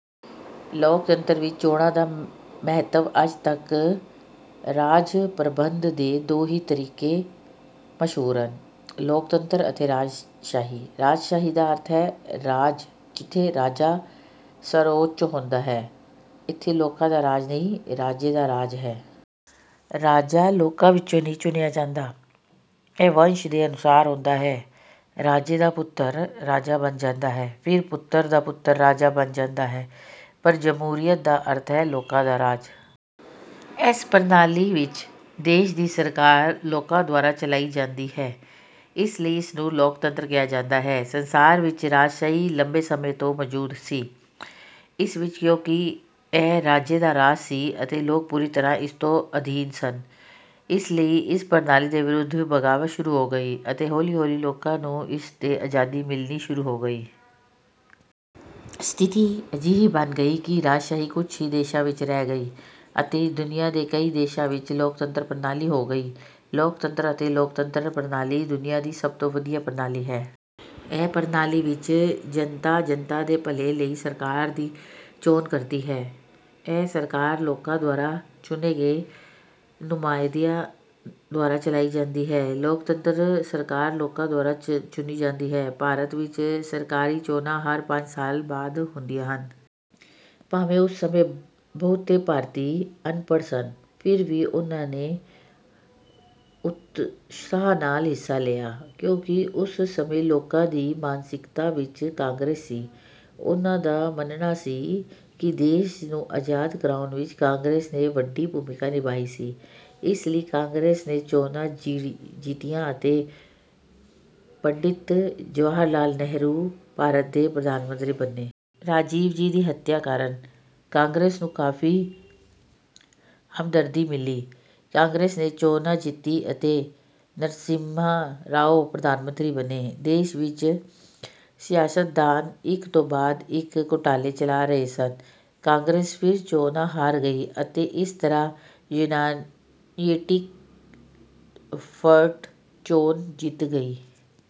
ਲੋਕਤੰਤਰ ਵਿੱਚ ਚੋਣਾਂ ਦਾ ਮਹੱਤਵ ਅੱਜ ਤੱਕ ਰਾਜ ਪ੍ਰਬੰਧ ਦੇ ਦੋ ਹੀ ਤਰੀਕੇ ਮਸ਼ਹੂਰ ਹਨ, ਲੋਕਤੰਤਰ ਅਤੇ ਰਾਜਸ਼ਾਹੀ। ਰਾਜਸ਼ਾਹੀ ਦਾ ਅਰਥ ਹੈ ਰਾਜ ਜਿੱਥੇ ਰਾਜਾ ਸਰਵਉੱਚ ਹੁੰਦਾ ਹੈ। ਇੱਥੇ ਲੋਕਾਂ ਦਾ ਰਾਜ ਨਹੀਂ, ਰਾਜੇ ਦਾ ਰਾਜ ਹੈ। ਰਾਜਾ ਲੋਕਾਂ ਵਿੱਚੋਂ ਨਹੀਂ ਚੁਣਿਆ ਜਾਂਦਾ। ਇਹ ਵੰਸ਼ ਦੇ ਅਨੁਸਾਰ ਹੁੰਦਾ ਹੈ। ਰਾਜੇ ਦਾ ਪੁੱਤਰ ਰਾਜਾ ਬਣ ਜਾਂਦਾ ਹੈ, ਫਿਰ ਪੁੱਤਰ ਦਾ ਪੁੱਤਰ ਰਾਜਾ ਬਣ ਜਾਂਦਾ ਹੈ, ਪਰ ਜਮਹੂਰੀਅਤ ਦਾ ਅਰਥ ਹੈ ਲੋਕਾਂ ਦਾ ਰਾਜ। ਇਸ ਪ੍ਰਣਾਲੀ ਵਿੱਚ ਦੇਸ਼ ਦੀ ਸਰਕਾਰ ਲੋਕਾਂ ਦੁਆਰਾ ਚਲਾਈ ਜਾਂਦੀ ਹੈ, ਇਸ ਲਈ ਇਸਨੂੰ ਲੋਕਤੰਤਰ ਕਿਹਾ ਜਾਂਦਾ ਹੈ। ਸੰਸਾਰ ਵਿੱਚ ਰਾਜਸ਼ਾਹੀ ਲੰਬੇ ਸਮੇਂ ਤੋਂ ਮੌਜੂਦ ਸੀ। ਇਸ ਵਿਚ ਕਿਉਂਕਿ ਇਹ ਰਾਜੇ ਦਾ ਰਾਜ ਸੀ ਅਤੇ ਲੋਕ ਪੂਰੀ ਤਰ੍ਹਾਂ ਉਸ ਦੇ ਅਧੀਨ ਸਨ, ਇਸ ਲਈ ਇਸ ਪ੍ਰਣਾਲੀ ਦੇ ਵਿਰੁੱਧ ਬਗਾਵਤ ਸ਼ੁਰੂ ਹੋ ਗਈ ਅਤੇ ਹੌਲੀ-ਹੌਲੀ ਲੋਕਾਂ ਨੂੰ ਇਸ ਤੋਂ ਆਜ਼ਾਦੀ ਮਿਲਣੀ ਸ਼ੁਰੂ ਹੋ ਗਈ। ਸਥਿਤੀ ਅਜਿਹੀ ਬਣ ਗਈ ਕਿ ਰਾਜਸ਼ਾਹੀ ਕੁਝ ਹੀ ਦੇਸ਼ਾਂ ਵਿਚ ਰਹਿ ਗਈ ਅਤੇ ਦੁਨੀਆ ਦੇ ਕਈ ਦੇਸ਼ਾਂ ਵਿਚ ਲੋਕਤੰਤਰ ਸਥਾਪਿਤ ਹੋ ਗਿਆ। ਲੋਕਤੰਤਰ ਅਤੇ ਲੋਕਤੰਤਰੀ ਪ੍ਰਣਾਲੀ ਦੁਨੀਆਂ ਦੀ ਸਭ ਤੋਂ ਵਧੀਆ ਪ੍ਰਣਾਲੀ ਹੈ। ਇਸ ਪ੍ਰਣਾਲੀ ਵਿੱਚ, ਜਨਤਾ, ਜਨਤਾ ਦੇ ਭਲੇ ਲਈ ਸਰਕਾਰ ਦੀ ਚੋਣ ਕਰਦੀ ਹੈ। ਇਹ ਸਰਕਾਰ ਲੋਕਾਂ ਦੁਆਰਾ ਚੁਣੇ ਗਏ ਨੁਮਾਇੰਦਿਆਂ ਦੁਆਰਾ ਚਲਾਈ ਜਾਂਦੀ ਹੈ। ਲੋਕਤੰਤਰੀ ਸਰਕਾਰ ਲੋਕਾਂ ਦੁਆਰਾ ਚੁਣੀ ਜਾਂਦੀ ਹੈ। ਭਾਰਤ ਵਿੱਚ ਸਰਕਾਰੀ ਚੋਣਾਂ ਹਰ ਪੰਜ ਸਾਲ ਬਾਅਦ ਹੁੰਦੀਆਂ ਹਨ। ਭਾਵੇਂ ਉਸ ਸਮੇਂ ਬਹੁਤੇ ਭਾਰਤੀ ਅਨਪੜ੍ਹ ਸਨ, ਫਿਰ ਵੀ ਉਨ੍ਹਾਂ ਨੇ ਉਤਸ਼ਾਹ ਨਾਲ ਹਿੱਸਾ ਲਿਆ। ਕਿਉਂਕਿ ਉਸ ਸਮੇਂ ਲੋਕਾਂ ਦੀ ਮਾਨਸਿਕਤਾ ਵਿੱਚ ਕਾਂਗਰਸ ਸੀ। ਉਨ੍ਹਾਂ ਦਾ ਮੰਨਣਾ ਸੀ ਕਿ ਦੇਸ਼ ਨੂੰ ਆਜ਼ਾਦ ਕਰਵਾਉਣ ਵਿੱਚ ਕਾਂਗਰਸ ਨੇ ਵੱਡੀ ਭੂਮਿਕਾ ਨਿਭਾਈ ਸੀ, ਇਸ ਲਈ ਕਾਂਗਰਸ ਨੇ ਚੋਣਾਂ ਜਿੱਤੀਆਂ ਅਤੇ ਪੰਡਿਤ ਜਵਾਹਰ ਲਾਲ ਨਹਿਰੂ ਭਾਰਤ ਦੇ ਪ੍ਰਧਾਨ ਮੰਤਰੀ ਬਣੇ। ਰਾਜੀਵ ਜੀ ਦੀ ਹੱਤਿਆ ਕਾਰਨ ਕਾਂਗਰਸ ਨੂੰ ਕਾਫੀ ਹਮਦਰਦੀ ਮਿਲੀ। ਕਾਂਗਰਸ ਨੇ ਚੋਣ ਜਿੱਤੀ ਅਤੇ ਨਰਸਿਮਹਾ ਰਾਓ ਪ੍ਰਧਾਨ ਮੰਤਰੀ ਬਣੇ। ਦੇਸ਼ ਵਿੱਚ ਸਿਆਸਤਦਾਨ ਇੱਕ ਤੋਂ ਬਾਅਦ ਇੱਕ ਘੁਟਾਲੇ ਚਲਾ ਰਹੇ ਸਨ। ਕਾਂਗਰਸ ਫਿਰ ਚੋਣ ਹਾਰ ਗਈ ਅਤੇ ਇਸ ਵਾਰ ਯੂਨਾਈਟਿਡ ਫਰੰਟ ਚੋਣ ਜਿੱਤ ਗਿਆ।